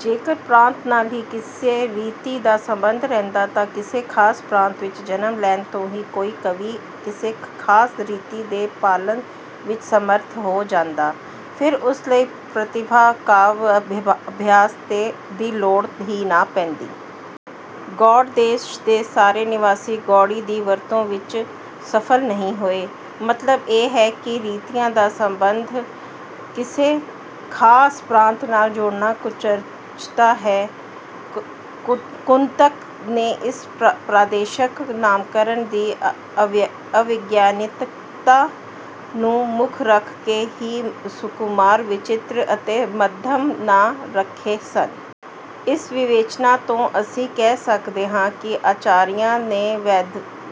ਜੇਕਰ ਪ੍ਰਾਂਤ ਨਾਲ ਹੀ ਕਿਸੇ ਰੀਤੀ ਦਾ ਸਬੰਧ ਰਹਿੰਦਾ ਤਾਂ ਕਿਸੇ ਖਾਸ ਪ੍ਰਾਂਤ ਵਿੱਚ ਜਨਮ ਲੈਣ ਤੋਂ ਹੀ ਕੋਈ ਕਵੀ ਕਿਸੇ ਖਾਸ ਰੀਤੀ ਦੇ ਪਾਲਨ ਵਿੱਚ ਸਮਰਥ ਹੋ ਜਾਂਦਾ। ਫਿਰ ਉਸ ਲਈ ਪ੍ਰਤਿਭਾ, ਕਾਵਿ-ਅਭਿਆਸ ਦੀ ਲੋੜ ਹੀ ਨਾ ਪੈਂਦੀ। ਗੌੜ ਦੇਸ਼ ਦੇ ਸਾਰੇ ਨਿਵਾਸੀ ਗੌੜੀ ਦੀ ਵਰਤੋਂ ਵਿੱਚ ਸਫਲ ਨਹੀਂ ਹੋਏ। ਮਤਲਬ ਇਹ ਹੈ ਕਿ ਰੀਤੀਆਂ ਦਾ ਸਬੰਧ ਕਿਸੇ ਖਾਸ ਪ੍ਰਾਂਤ ਨਾਲ ਜੋੜਨਾ ਕੁਚੱਜਤਾ ਹੈ। ਕੁੰਤਕ ਨੇ ਇਸ ਪ੍ਰਾਦੇਸ਼ਕ ਨਾਮਕਰਣ ਦੀ ਅਵਿਗਿਆਨਿਕਤਾ ਨੂੰ ਮੁੱਖ ਰੱਖ ਕੇ ਹੀ ਸੁਕੁਮਾਰ, ਵਿਚਿਤ੍ਰ ਅਤੇ ਮੱਧਮ ਨਾਂ ਰੱਖੇ ਸਨ। ਇਸ ਵਿਵੇਚਨਾ ਤੋਂ ਅਸੀਂ ਕਹਿ ਸਕਦੇ ਹਾਂ ਕਿ ਆਚਾਰੀਆਂ ਨੇ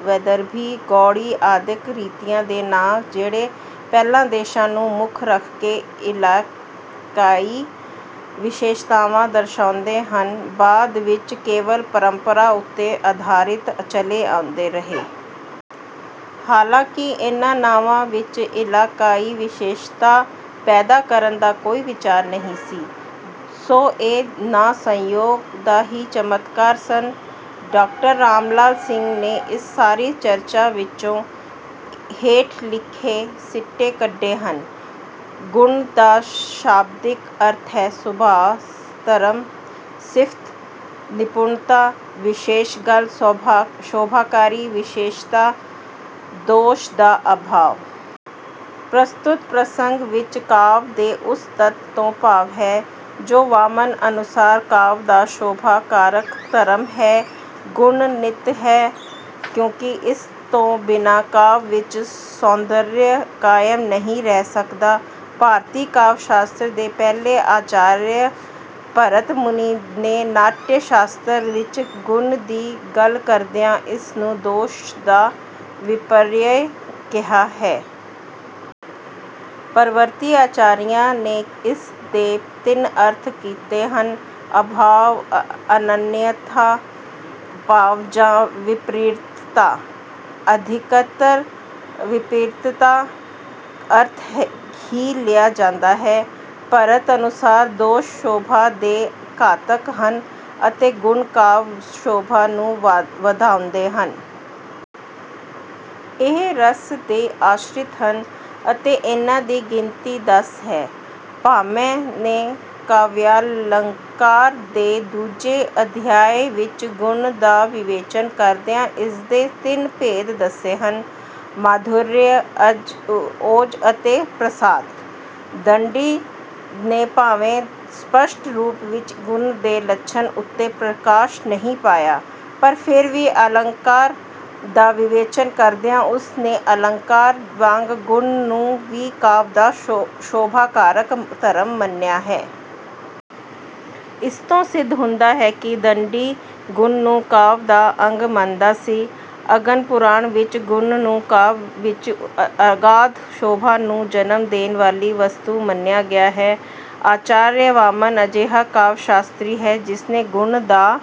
ਵੈਦਰਭੀ, ਗੌੜੀ ਆਦਿਕ ਰੀਤੀਆਂ ਦੇ ਨਾਂ ਜਿਹੜੇ ਪਹਿਲਾਂ ਦੇਸ਼ਾਂ ਨੂੰ ਮੁੱਖ ਰੱਖ ਕੇ ਇਲਾਕਾਈ ਵਿਸ਼ੇਸ਼ਤਾਵਾਂ ਦਰਸਾਉਂਦੇ ਸਨ, ਬਾਅਦ ਵਿੱਚ ਕੇਵਲ ਪਰੰਪਰਾ ਉੱਤੇ ਆਧਾਰਿਤ ਚਲੇ ਆਉਂਦੇ ਰਹੇ। ਹਾਲਾਂਕਿ ਇਨ੍ਹਾਂ ਨਾਵਾਂ ਵਿੱਚ ਇਲਾਕਾਈ ਵਿਸ਼ੇਸ਼ਤਾ ਪੈਦਾ ਕਰਨ ਦਾ ਕੋਈ ਵਿਚਾਰ ਨਹੀਂ ਸੀ। ਸੋ ਇਹ ਨਾਂ ਸੰਯੋਗ ਦਾ ਹੀ ਚਮਤਕਾਰ ਸਨ। ਡਾ. ਰਾਮਲਾਲ ਸਿੰਘ ਨੇ ਇਸ ਸਾਰੀ ਚਰਚਾ ਵਿੱਚੋਂ ਹੇਠ ਲਿਖੇ ਸਿੱਟੇ ਕੱਢੇ ਹਨ - ਗੁਣ ਦਾ ਸ਼ਾਬਦਿਕ ਅਰਥ ਹੈ - ਸੁਭਾਅ, ਧਰਮ, ਸਿਫ਼ਤ, ਨਿਪੁਣਤਾ, ਵਿਸ਼ੇਸ਼ ਗੱਲ, ਸ਼ੋਭਾਕਾਰੀ ਵਿਸ਼ੇਸ਼ਤਾ, ਦੋਸ਼ ਦਾ ਅਭਾਵ। ਪ੍ਰਸਤੁਤ ਪ੍ਰਸੰਗ ਵਿੱਚ ਕਾਵਿ ਦੇ ਉਸ ਤੱਤ ਤੋਂ ਭਾਵ ਹੈ ਜੋ ਵਾਮਨ ਅਨੁਸਾਰ ਕਾਵਿ ਦਾ ਸ਼ੋਭਾਕਾਰਕ ਧਰਮ ਹੈ। ਗੁਣ ਨਿੱਤ ਹੈ ਕਿਉਂਕਿ ਇਸ ਤੋਂ ਬਿਨਾਂ ਕਾਵਿ ਵਿੱਚ ਸੌਂਦਰਯ ਕਾਇਮ ਨਹੀਂ ਰਹਿ ਸਕਦਾ। ਭਾਰਤੀ ਕਾਵਿ-ਸ਼ਾਸਤਰ ਦੇ ਪਹਿਲੇ ਆਚਾਰਯ ਭਰਤ ਮੁਨੀ ਨੇ ਨਾਟਯ-ਸ਼ਾਸਤਰ ਵਿੱਚ ਗੁਣ ਦੀ ਗੱਲ ਕਰਦਿਆਂ ਇਸ ਨੂੰ ਦੋਸ਼ ਦਾ ਵਿਪਰਯਯ ਕਿਹਾ ਹੈ। ਪਰਵਰਤੀ ਆਚਾਰੀਆਂ ਨੇ ਇਸ ਦੇ ਤਿੰਨ ਅਰਥ ਕੀਤੇ ਹਨ - ਅਭਾਵ, ਅਨਨ੍ਯਥਾ ਭਾਵ ਜਾਂ ਵਿਪਰੀਤਤਾ। ਅਧਿਕਤਰ ਵਿਪਰੀਤਤਾ ਅਰਥ ਹੀ ਲਿਆ ਜਾਂਦਾ ਹੈ। ਭਰਤ ਅਨੁਸਾਰ ਦੋਸ਼ ਸ਼ੋਭਾ ਦੇ ਘਾਤਕ ਹਨ ਅਤੇ ਗੁਣ ਕਾਵਿ-ਸ਼ੋਭਾ ਨੂੰ ਵਧਾਉਂਦੇ ਹਨ। ਇਹ ਰਸ ਦੇ ਆਸ਼ਰਿਤ ਹਨ ਅਤੇ ਇਨ੍ਹਾਂ ਦੀ ਗਿਣਤੀ ਦਸ ਹੈ। ਭਾਮਹ ਨੇ ਕਾਵਯਾਲੰਕਾਰ ਦੇ ਦੂਜੇ ਅਧਿਆਇ ਵਿੱਚ ਗੁਣ ਦਾ ਵਿਵੇਚਨ ਕਰਦਿਆਂ ਇਸਦੇ ਤਿੰਨ ਭੇਦ ਦੱਸੇ ਹਨ - ਮਾਧੁਰਯ, ਓਜ ਅਤੇ ਪ੍ਰਸਾਦ। ਦੰਡੀ ਨੇ ਭਾਵੇਂ ਸਪੱਸ਼ਟ ਰੂਪ ਵਿੱਚ ਗੁਣ ਦੇ ਲੱਛਣ ਉੱਤੇ ਪ੍ਰਕਾਸ਼ ਨਹੀਂ ਪਾਇਆ, ਪਰ ਫਿਰ ਵੀ ਆਲੰਕਾਰ ਦਾ ਵਿਵੇਚਨ ਕਰਦਿਆਂ ਉਸ ਨੇ ਆਲੰਕਾਰ ਵਾਂਗ ਗੁਣ ਨੂੰ ਵੀ ਕਾਵਿ ਦਾ ਸ਼ੋਭਾਕਾਰਕ ਧਰਮ ਮੰਨਿਆ ਹੈ। ਇਸ ਤੋਂ ਸਿੱਧ ਹੁੰਦਾ ਹੈ ਕਿ ਦੰਡੀ ਗੁਣ ਨੂੰ ਕਾਵਿ ਦਾ ਅੰਗ ਮੰਨਦਾ ਸੀ। ਅਗਨਿ ਪੁਰਾਣ ਵਿੱਚ ਗੁਣ ਨੂੰ ਕਾਵਿ ਵਿੱਚ ਅਗਾਧ ਸ਼ੋਭਾ ਨੂੰ ਜਨਮ ਦੇਣ ਵਾਲੀ ਵਸਤੂ ਮੰਨਿਆ ਗਿਆ ਹੈ। ਆਚਾਰਯ ਵਾਮਨ ਅਜਿਹਾ ਕਾਵਿ-ਸ਼ਾਸਤਰੀ ਹੈ ਜਿਸਨੇ ਗੁਣ ਦਾ